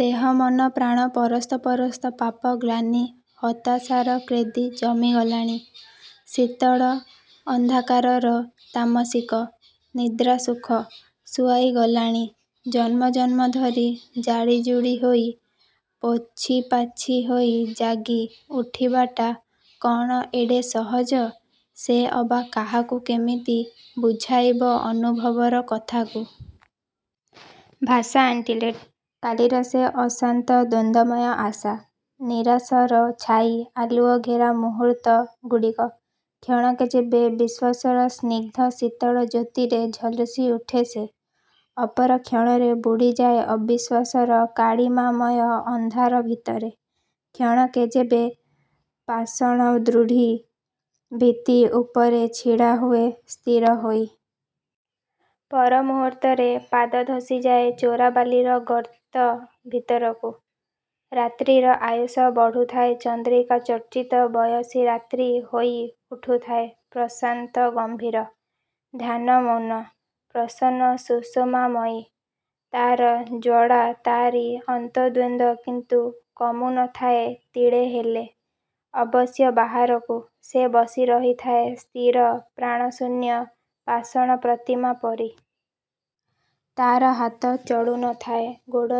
ଦେହ ମନ ପ୍ରାଣରେ ପରସ୍ତ ପରସ୍ତ ପାପ ଗ୍ଳାନୀ ହତାସାର କ୍ଳେଦ ଜମି ଗଲାଣି! ଶୀତଳ ଅନ୍ଧକାରର ତାମଶିକ– ନିଦ୍ରାସୁଖ ସୁହାଇ ଗଲାଣି ଜନ୍ମ ଜନ୍ମ ଧରି। ଝାଡ଼ି ଝୁଡ଼ି ହୋଇ, ପୋଛି ପାଛି ହୋଇ ଯାଗି ଉଠିବାଟା, କ'ଣ ଏଡ଼େ ସହଜ? ସେ ଅବା କାହାକୁ କେମିତି ବୁଝାଇବ ଅନୁଭବର କଥାକୁ? ଭାଷା ଅଣ୍ଟିଲେତ! କାଲିର ସେ ଅଶାନ୍ତ ଦ୍ୱନ୍ଦ୍ୱମୟ ଆଶା। ନିରାଶାର ଛାଈ ଆଲୁଅ ଘେରା ମୁହୂର୍ତ୍ତ ଗୁଡ଼ିକ, କ୍ଷଣକେ ଯେବେ ବିଶ୍ୱାସର ସ୍ନିଗ୍ଧ ଶୀତଳ ଜ୍ୟୋତିରେ ଝଲସି ଉଠେ ସେ! ଅପର କ୍ଷଣରେ ବୁଡ଼ିଯାଏ ଅବିଶ୍ୱାସର କାଳିମାମୟ ଅନ୍ଧାର ଭିତରେ। କ୍ଷଣକେ ଯେବେ ପାଷାଣ ଦୃଢ଼ ଭିତ୍ତି ଉପରେ ଛିଡ଼ା ହୁଏ ସ୍ଥିର ହୋଇ! ପର ମୁହୂର୍ତ୍ତରେ ପାଦ ଧସି ଯାଏ ଚୋରା ବାଲିର ଗର୍ତ୍ତ ଭିତରକୁ-। ରାତ୍ରିର ଆୟୁଷ ବଢ଼ୁଥାଏ ଚନ୍ଦ୍ରିକା ଚର୍ଚ୍ଚିତ ବୟସୀ ରାତ୍ରି ହୋଇ ଉଠୁଥାଏ ପ୍ରସାନ୍ତ ଗମ୍ଭୀର, ଧ୍ୟାନ-ମୌନ, ପ୍ରସନ୍ନ-ସୁଷମାମୟୀ। ତା'ର ଜ୍ୱାଳା, ତା'ରି ଅନ୍ତଦ୍ୱନ୍ଦ୍ୟ କିନ୍ତୁ କମୁ ନଥାଏ ତିଳେ ହେଲେ। ଅବସ୍ୟ ବାହାରକୁ, ସେ ବସି ରହିଥାଏ ସ୍ଥିର ପ୍ରାଣଶୂନ୍ୟ ପାଷାଣ ପ୍ରତିମା ପରି। ତା'ର ହାତ ଚଳୁ ନଥାଏ, ଗୋଡ଼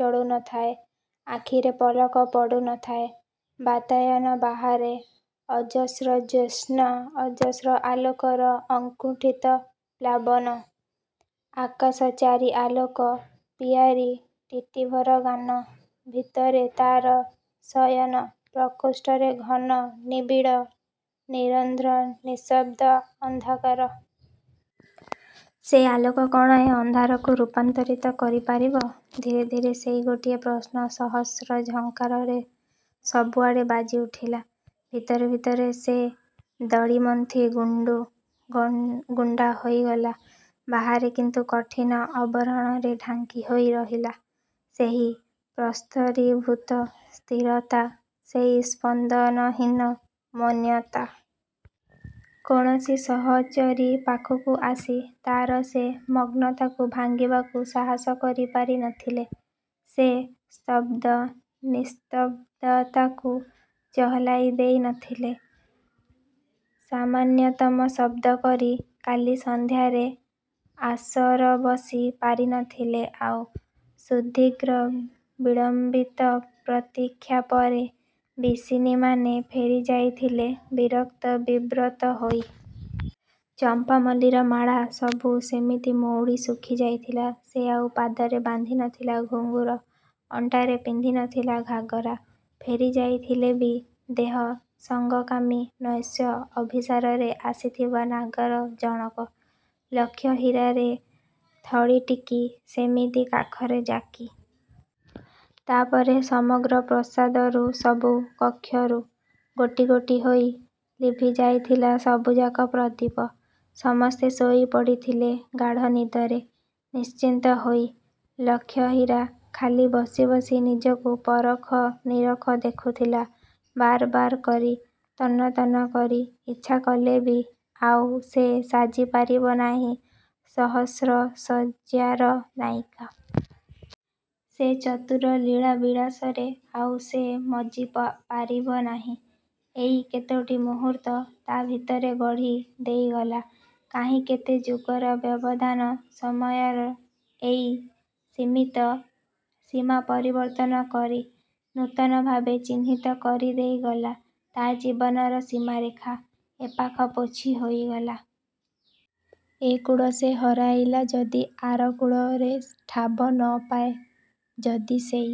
ଚଳୁ ନଥାଏ, ଆଖିରେ ପଲକ ପଡ଼ୁ ନଥାଏ। ବାତାୟନ ବାହାରେ ଅଜସ୍ର ଜ୍ୟୋତ୍ସ୍ନା ଅଜସ୍ର ଆଲୋକର ଅକୁଣ୍ଠିତ ପ୍ଳାବନ! ଆକାଶ-ଚାରି ଆଲୋକ ପିୟାରି ଟିଟିଭର ଗାନ। ଭିତରେ ତା'ର ଶୟନ ପ୍ରକୋଷ୍ଟରେ ଘନ ନିବିଡ଼ ନିରନ୍ଧ୍ର ନିଃଶବ୍ଦ ଅନ୍ଧକାର। ସେ ଆଲୋକ କ'ଣ ଏ ଅନ୍ଧାରକୁ ରୂପାନ୍ତରିତ କରି ପାରିବ-? ଧୀରେ ଧୀରେ ସେଇ ଗୋଟିଏ ପ୍ରଶ୍ନ ସହସ୍ର ଝଙ୍କାରରେ, ସବୁ ଆଡ଼େ ବାଜି ଉଠିଲା। ଭିତରେ ଭିତରେ ସେ ଦଳି ମନ୍ଥି ଗୁଣ୍ଡୁ, ଗୁଣ୍ଡା ହୋଇଗଲା। ବାହାରେ କିନ୍ତୁ କଠିନ ଆବରଣରେ ଢାଙ୍କି ହୋଇ ରହିଲା, ସେଇ ପ୍ରସ୍ତରିଭୂତ ସ୍ଥିରତା, ସେଇ ସ୍ପନ୍ଦନହୀନ ମୌନତା। କୌଣସି ସହଚରୀ ପାଖକୁ ଆସି, ତା'ର ସେ ମଗ୍ନତାକୁ ଭାଙ୍ଗିବାକୁ ସାହସ କରି ପାରି ନଥିଲେ। ସେ ସ୍ତବ୍ଧ–ନିସ୍ତବ୍ଧତାକୁ ଚହଲାଇ ଦେଇ ନଥିଲେ, ସାମାନ୍ୟତମ ଶବ୍ଦ କରି। କାଲି ସନ୍ଧ୍ୟାର ଆସର ବସି ପାରିନଥିଲା ଆଉ। ସୁଦୀର୍ଘ ବିଳମ୍ୱିତ ପ୍ରତୀକ୍ଷା ପରେ ବିଶିନୀମାନେ ଫେରି ଯାଇଥିଲେ ବିରକ୍ତ ବିବ୍ରତ ହୋଇ। ଚମ୍ପା ମଲ୍ଲୀର ମାଳା ସବୁ ସେମିତି ମଉଳି ସୁଖି ଯାଇଥିଲା। ସେ ଆଉ ପାଦରେ ବାନ୍ଧି ନଥିଲା ଘୁଙ୍ଗୁର, ଅଣ୍ଟାରେ ପିନ୍ଧି ନଥିଲା ଘାଘରା। ଫେରି ଯାଇଥିଲେ ବି ଦେହ ସଙ୍ଗ-କାମୀ, ନୈଶ ଅଭିଶାରରେ ଆସିଥିବା ନାଗର ଜଣକ! ଲକ୍ଷହୀରାର ଥଳୀଟିକି ସେମିତି କାଖରେ ଯାକି। ତା'ପରେ ସମଗ୍ର ପ୍ରସାଦରୁ ସବୁ କକ୍ଷରୁ, ଗୋଟି ଗୋଟି ହୋଇ ଲିଭିଯାଇଥିଲା ସବୁଯାକ ପ୍ରଦୀପ। ସମସ୍ତେ ଶୋଇ ପଡ଼ିଥିଲେ ଗାଢ଼ ନିଦରେ, ନିଶ୍ଚିନ୍ତ ହୋଇ। ଲକ୍ଷହୀରା ଖାଲି ବସି ବସି ନିଜକୁ ପରଖି ନିରେଖି ଦେଖୁଥିଲା, ବାର ବାର କରି, ତନ୍ନ ତନ୍ନ କରି। ଇଚ୍ଛା କଲେ ବି ଆଉ ସେ ସାଜି ପାରିବ ନାହିଁ ସହସ୍ର ଶଯ୍ୟାର ନାୟୀକା। ସେ ଚତୁର-ଲୀଳା ବିଳାସରେ ଆଉ ସେ ମଜ୍ଜି ପାରିବ ନାହିଁ। ଏଇ କେତୋଟି ମୁହୂର୍ତ୍ତ, ତା' ଭିତରେ ଗଢ଼ି ଦେଇଗଲା, କାହିଁ କେତେ ଯୁଗର ବ୍ୟବଧାନ। ସମୟର ଏ ସିମିତ ସୀମା ପରିବର୍ତ୍ତନ କରି, ନୂତନଭାବେ ଚିହ୍ନିତ କରିଦେଇ ଗଲା, ତା' ଜୀବନର ସୀମାରେଖା। ଏପାଖ ପୋଛି ହୋଇଗଲା! ଏ କୁଳ ସେ ହରେଇଲା ଯଦି ଆର କୁଳରେ ଠାବ ନ ପାଏ? ଯଦି ସେଇ